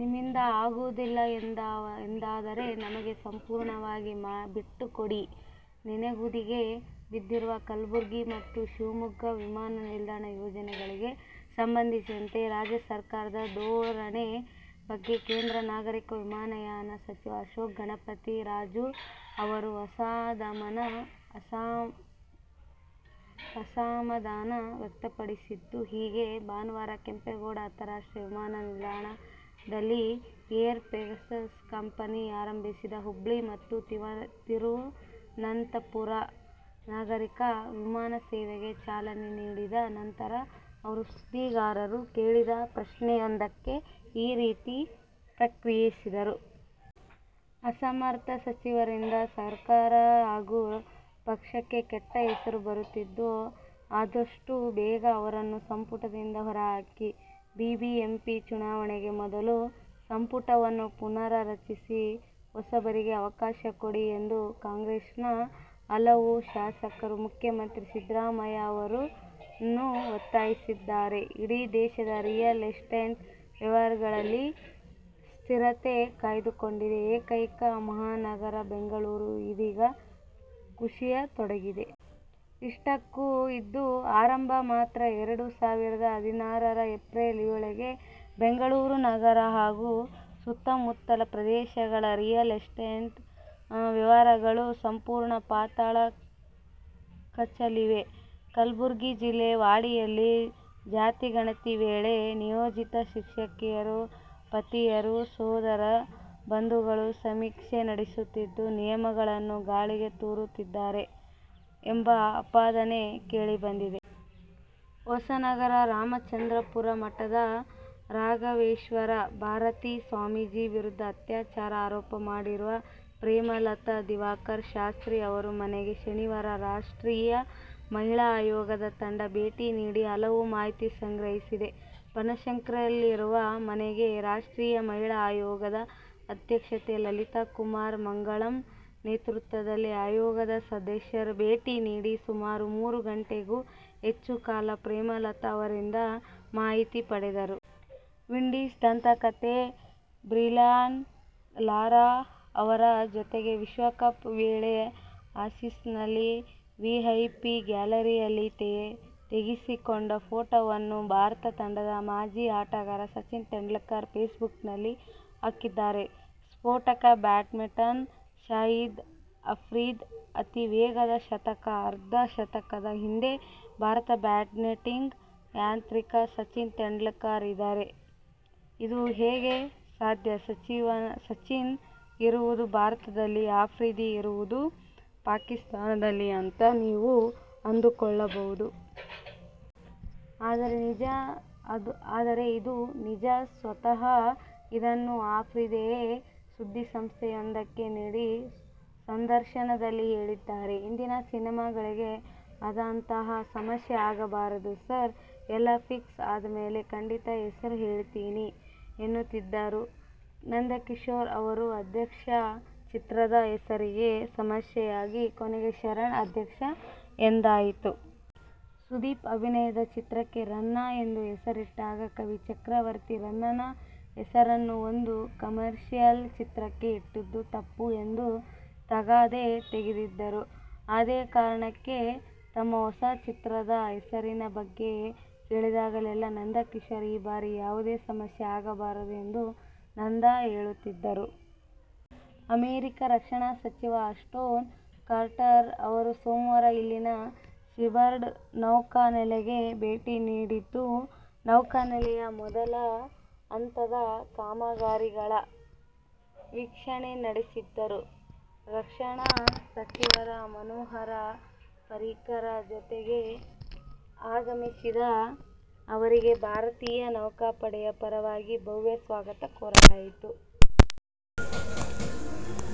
ನಿಮ್ಮಿಂದ ಆಗುವುದಿಲ್ಲ ಎಂದಾದರೆ ನಮಗೆ ಸಂಪೂರ್ಣವಾಗಿ ಬಿಟ್ಟುಕೊಡಿ- ನೆನೆಗುದಿಗೆ ಬಿದ್ದಿರುವ ಕಲಬುರಗಿ ಮತ್ತು ಶಿವಮೊಗ್ಗ ವಿಮಾನ ನಿಲ್ದಾಣ ಯೋಜನೆಗಳಿಗೆ ಸಂಬಂಧಿಸಿದಂತೆ ರಾಜ್ಯ ಸರ್ಕಾರದ ಧೋ ರಣೆ ಬಗ್ಗೆ ಕೇಂದ್ರ ನಾಗರಿಕ ವಿಮಾನಯಾನ ಸಚಿವ ಅಶೋಕ್ ಗಜಪತಿ ರಾಜು ಅವರು ಅಸಮಾಧಾನ ವ್ಯಕ್ತಪಡಿಸಿದ್ದು ಹೀಗೆ. ಭಾನುವಾರ ಕೆಂಪೇಗೌಡ ಅಂತಾರಾಷ್ಟ್ರೀಯ ವಿಮಾನ ನಿಲ್ದಾಣದಲ್ಲಿ ಏರ್ ಪೆಗಾಸಸ್ ಕಂಪನಿ ಆರಂಭಿಸಿದ ಹುಬ್ಬಳ್ಳಿ ಮತ್ತು ತಿರುವನಂತಪುರ ನಾಗರೀಕ ವಿಮಾನ ಸೇವೆಗೆ ಚಾಲನೆ ನೀಡಿದ ನಂತರ ಅವರು ಸುದ್ದಿಗಾರರು ಕೇಳಿದ ಪ್ರಶ್ನೆಯೊಂದಕ್ಕೆ ಈ ರೀತಿ ಪ್ರತಿಕ್ರಿಯಿಸಿದರು. ಅಸಮರ್ಥ ಸಚಿವರಿಂದ ಸರ್ಕಾರ ಹಾಗೂ ಪಕ್ಷಕ್ಕೆ ಕೆಟ್ಟ ಹೆಸರು ಬರುತ್ತಿದ್ದು, ಆದಷ್ಟು ಬೇಗ ಅವರನ್ನು ಸಂಪುಟದಿಂದ ಹೊರಹಾಕಿ. ಬಿಬಿಎಂಪಿ ಚುನಾವಣೆಗೂ ಮೊದಲು ಸಂಪುಟವನ್ನು ಪುನರ್ ರಚಿಸಿ, ಹೊಸಬರಿಗೆ ಅವಕಾಶ ಕೊಡಿ ಎಂದು ಕಾಂಗ್ರೆಸ್ನ ಹಲವು ಶಾಸಕರು ಮುಖ್ಯಮಂತ್ರಿ ಸಿದ್ದರಾಮಯ್ಯ ಅವರನ್ನು ಒತ್ತಾಯಿಸಿದ್ದಾರೆ. ಇಡೀ ದೇಶದ ರಿಯಲ್ ಎಸ್ಟೇಟ್ ವ್ಯವಹಾರದಲ್ಲಿ ಸ್ಥಿರತೆ ಕಾಯ್ದುಕೊಂಡಿದ್ದ ಏಕೈಕ ಮಹಾನಗರ ಬೆಂಗಳೂರು ಇದೀಗ ಕುಸಿಯತೊಡಗಿದೆ. ಇಷ್ಟಕ್ಕೂ, ಇದು ಆರಂಭ ಮಾತ್ರ. ಎರಡು ಸಾವಿರದ ಹದಿನಾರರ ಏಪ್ರಿಲ್ ವೇಳೆಗೆ ಬೆಂಗಳೂರು ನಗರ ಹಾಗೂ ಸುತ್ತಮುತ್ತಲ ಪ್ರದೇಶಗಳ ರಿಯಲ್ ಎಸ್ಟೇಟ್ ವ್ಯವಹಾರಗಳು ಸಂಪೂರ್ಣ ಪಾತಾಳ ಕಚ್ಚಲಿವೆ. ಕಲಬುರಗಿ ಜಿಲ್ಲೆ ವಾಡಿಯಲ್ಲಿ ಜಾತಿಗಣತಿ ವೇಳೆ ನಿಯೋಜಿತ ಶಿಕ್ಷಕಿಯರ ಪತಿಯರು, ಸೋದರ ಬಂಧುಗಳು ಸಮೀಕ್ಷೆ ನಡೆಸುತ್ತಿದ್ದು, ನಿಯಮಗಳನ್ನು ಗಾಳಿಗೆ ತೂರುತ್ತಿದ್ದಾರೆ ಎಂಬ ಆಪಾದನೆ ಕೇಳಿಬಂದಿದೆ. ಹೊಸನಗರ ರಾಮಚಂದ್ರಾಪುರ ಮಠದ ರಾಘವೇಶ್ವರ ಭಾರತಿ ಸ್ವಾಮೀಜಿ ವಿರುದ್ಧ ಅತ್ಯಾಚಾರ ಆರೋಪ ಮಾಡಿರುವ ಪ್ರೇಮಲತಾ ದಿವಾಕರ ಶಾಸ್ತ್ರಿ ಅವರ ಮನೆಗೆ ಶನಿವಾರ ರಾಷ್ಟ್ರೀಯ ಮಹಿಳಾ ಆಯೋಗದ ತಂಡ ಭೇಟಿ ನೀಡಿ ಹಲವು ಮಾಹಿತಿ ಸಂಗ್ರಹಿಸಿದೆ. ಬನಶಂಕರಿಯಲ್ಲಿರುವ ಮನೆಗೆ ರಾಷ್ಟ್ರೀಯ ಮಹಿಳಾ ಆಯೋಗದ ಅಧ್ಯಕ್ಷೆ ಲಲಿತಾ ಕುಮಾರ ಮಂಗಳಂ ನೇತೃತ್ವದಲ್ಲಿ ಆಯೋಗದ ಸದಸ್ಯರು ಭೇಟಿ ನೀಡಿ ಸುಮಾರು ಮೂರು ಗಂಟೆಗೂ ಹೆಚ್ಚು ಕಾಲ ಪ್ರೇಮಲತಾ ಅವರಿಂದ ಮಾಹಿತಿ ಪಡೆದರು. ವಿಂಡೀಸ್ ದಂತಕಥೆ ಬ್ರಿಯಾನ್ ಲಾರಾ ಅವರ ಜತೆಗೆ ವಿಶ್ವಕಪ್ ವೇಳೆ ಆಸೀಸ್ನಲ್ಲಿ ವಿಐಪಿ ಗ್ಯಾಲರಿಯಲ್ಲಿ ತೆಗೆಸಿಕೊಂಡ ಫೋಟೋವನ್ನು ಭಾರತ ತಂಡದ ಮಾಜಿ ಆಟಗಾರ ಸಚಿನ್ ತೆಂಡುಲ್ಕರ್ ಫೇಸ್ಬುಕ್ನಲ್ಲಿ ಹಾಕಿದ್ದಾರೆ. ಸ್ಫೋಟಕ ಬ್ಯಾಟ್ಸ್ಮನ್ ಶಾಹಿದ್ ಅಫ್ರಿದಿ ಅತೀ ವೇಗದ ಶತಕ, ಅರ್ಧ ಶತಕದ ಹಿಂದೆ ಭಾರತದ ಬ್ಯಾಟಿಂಗ್ ಮಾಂತ್ರಿಕ ಸಚಿನ್ ತೆಂಡುಲ್ಕರ್ ಇದ್ದಾರೆ ಇದು ಹೇಗೆ ಸಾಧ್ಯ ಸಚಿನ್ ಇರುವುದು ಭಾರತದಲ್ಲಿ, ಅಫ್ರಿದಿ ಇರುವುದು ಪಾಕಿಸ್ಥಾನದಲ್ಲಿ ಅಂತ ನೀವು ಅಂದುಕೊಳ್ಳಬಹುದು. ಆದರೆ ಇದು ನಿಜ. ಸ್ವತಃ ಇದನ್ನು ಅಫ್ರಿದಿಯೇ ಸುದ್ದಿ ಸಂಸ್ಥೆಯೊಂದಕ್ಕೆ ನೀಡಿದ ಸಂದರ್ಶನದಲ್ಲಿ ಹೇಳಿದ್ದಾರೆ. "ಹಿಂದಿನ ಸಿನಿಮಾಗಳಿಗೆ ಆದಂತಹ ಸಮಸ್ಯೆ ಆಗಬಾರದು ಸಾರ್. ಎಲ್ಲಾ ಫಿಕ್ಸ್ ಆದಮೇಲೆ ಖಂಡಿತಾ ಹೆಸರು ಹೇಳುತ್ತೀನಿ' ಎನ್ನುತ್ತಿದ್ದರು ನಂದಕಿಶೋರ್. ಅವರ "ಅಧ್ಯಕ್ಷ' ಚಿತ್ರದ ಹೆಸರಿಗೆ ಸಮಸ್ಯೆಯಾಗಿ ಕೊನೆಗೆ "ಶರಣ್ ಅಧ್ಯಕ್ಷ' ಎಂದಾಯಿತು. ಸುದೀಪ್ ಅಭಿನಯದ ಚಿತ್ರಕ್ಕೆ "ರನ್ನ' ಎಂದು ಹೆಸರಿಟ್ಟಾಗ, ಕವಿ ಚಕ್ರವರ್ತಿ ರನ್ನನ ಹೆಸರನ್ನು ಒಂದು ಕಮರ್ಷಿಯಲ್ ಚಿತ್ರಕ್ಕೆ ಇಟ್ಟಿದ್ದು ತಪ್ಪು ಎಂದು ತಗಾದೆ ತೆಗೆದಿದ್ದರು. ಅದೇ ಕಾರಣಕ್ಕೆ ತಮ್ಮ ಹೊಸ ಚಿತ್ರದ ಹೆಸರಿನ ಬಗ್ಗೆ ಕೇಳಿದಾಗಲೆಲ್ಲಾ ನಂದಕಿಶೋರ್, ಈ ಬಾರಿ ಯಾವುದೇ ಸಮಸ್ಯೆ ಆಗಬಾರದು ಎಂದು ನಂದ ಹೇಳುತ್ತಿದ್ದರು. ಅಮೆರಿಕ ರಕ್ಷಣಾ ಸಚಿವ ಅಸ್ಟೋನ್ ಕಾರ್ಟರ್ ಅವರು ಸೋಮವಾರ ಇಲ್ಲಿನ ಸೀಬರ್ಡ್ ನೌಕಾನೆಲೆಗೆ ಭೇಟಿ ನೀಡಿದ್ದು, ನೌಕಾನೆಲೆಯ ಮೊದಲ ಹಂತದ ಕಾಮಗಾರಿಗಳ ವೀಕ್ಷಣೆ ನಡೆಸಿದರು. ರಕ್ಷಣಾ ಸಚಿವ ಮನೋಹರ ಪರ್ರಿಕರ್ ಜತೆ ಆಗಮಿಸಿದ ಅವರಿಗೆ ಭಾರತೀಯ ನೌಕಾಪಡೆಯ ಪರವಾಗಿ ಭವ್ಯ ಸ್ವಾಗತ ಕೋರಲಾಯಿತು.